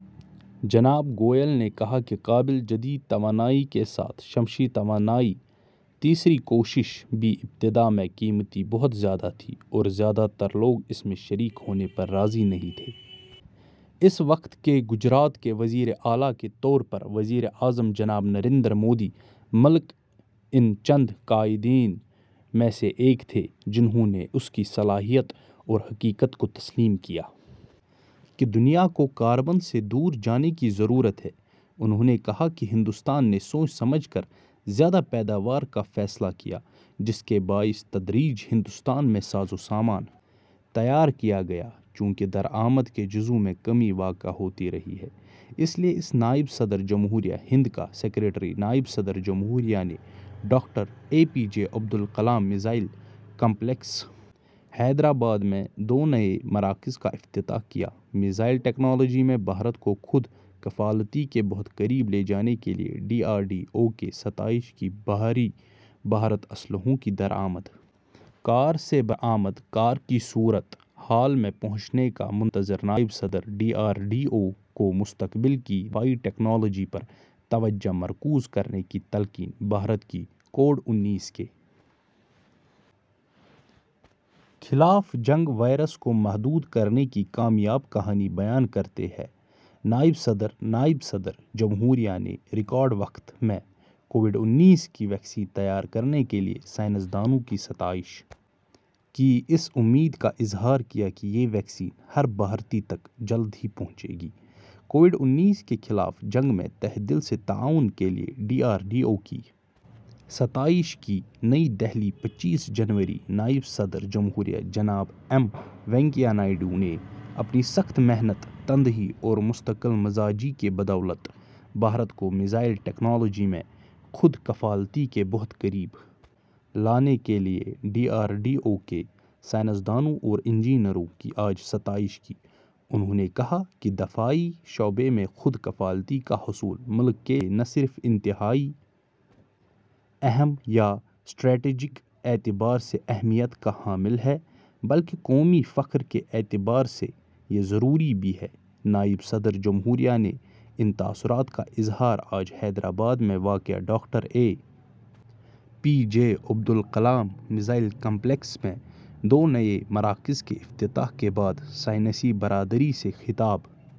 جناب گوئل نے کہا کہ قابل تجدید توانائی کے ساتھ شمسی توانائی تیسری کوشش تھی ابتدا میں قیمتیں بہت زیادہ تھیں اور زیادہ تر لوگ اس میں شریک ہونے پر راضی نہیں تھے اس وقت کے گجرات کے وزیر اعلی کے طور پر وزیر اعظم جناب نریندر مودی ملک ان چند قائدین میں سے ایک تھے جنہوں نے اس کی صلاحیت اور حقیقت کو تسلیم کیا کہ دنیا کو کاربن سے دور جانے کی ضرورت ہے انہوں نے کہا کہ ہندوستان نے سوچ سمجھ کر زیادہ پیداوار کا فیصلہ کیا جس کے باعث بتدریج ہندوستان میں ساز و سامان تیار کیا گیا چونکہ درآمد کے جزو میں کمی واقع ہوتی رہی ہے اس لیے اس نائب صدر جمہوریہ ہند کا سکریٹریٹ نائب صدر جمہوریہ نے doctor A P J Abdul Kalam missile complex Hyderabad میں دو نئے مراکز کا افتتاح کیا میزائل ٹیکنالوجی میں بھارت کو خود کفالتی کے بہت قریب لے جانے کے لیے ڈی آر ڈی او کی ستائش کی بھارت اسلحوں کے درآمد کار سے برآمد کار کی صورت حال میں پہنچنے کا منتظر نائب صدر ڈی آر ڈی او کو مستقبل کی دفاعی ٹیکنالوجی پر توجہ مرکوز کرنے کی تلقین بھارت کی کووڈ انیس کے خلاف جنگ وائرس کو محدود کرنے کی کامیاب کہانی بیان کرتی ہے نائب صدر نائب صدر جمہوریہ نے ریکارڈ وقت میں کووڈ انیس کی ویکسین تیار کرنے کے لیے سائنس دانوں کی ستائش کی اس امید کا اظہار کیا کہ یہ ویکسین ہر بھارتی تک جلد ہی پہنچے گی کووڈ انیس کے خلاف جنگ میں تہہ دل سے تعاون کے لیے ڈی آر ڈی او کی ستائش کی نئی دہلی پچیس جنوری نائب صدر جمہوریہ جناب ایم وینکیا نائیڈو نے اپنی سخت محنت تندہی اور مستقل مزاجی کی بدولت بھارت کو میزائل ٹیکنالوجی میں خود کفالتی کے بہت قریب لانے کے لیے ڈی آر ڈی او کے سائنس دانوں اور انجینئروں کی آج ستائش کی انہوں نے کہا کہ دفاعی شعبے میں خود کفالتی کا حصول ملک کے لیے نہ صرف انتہائی اہم یا اسٹریٹیجک اعتبار سے اہمیت کا حامل ہے بلکہ قومی فخر کے اعتبار سے یہ ضروری بھی ہے نائب صدر جمہوریہ نے ان تاثرات کا اظہار آج حیدرآباد میں واقع doctor A P J Abdul Kalam missile complex میں دو نئے مراکز کے افتتاح کے بعد سائنسی برادری سے خطاب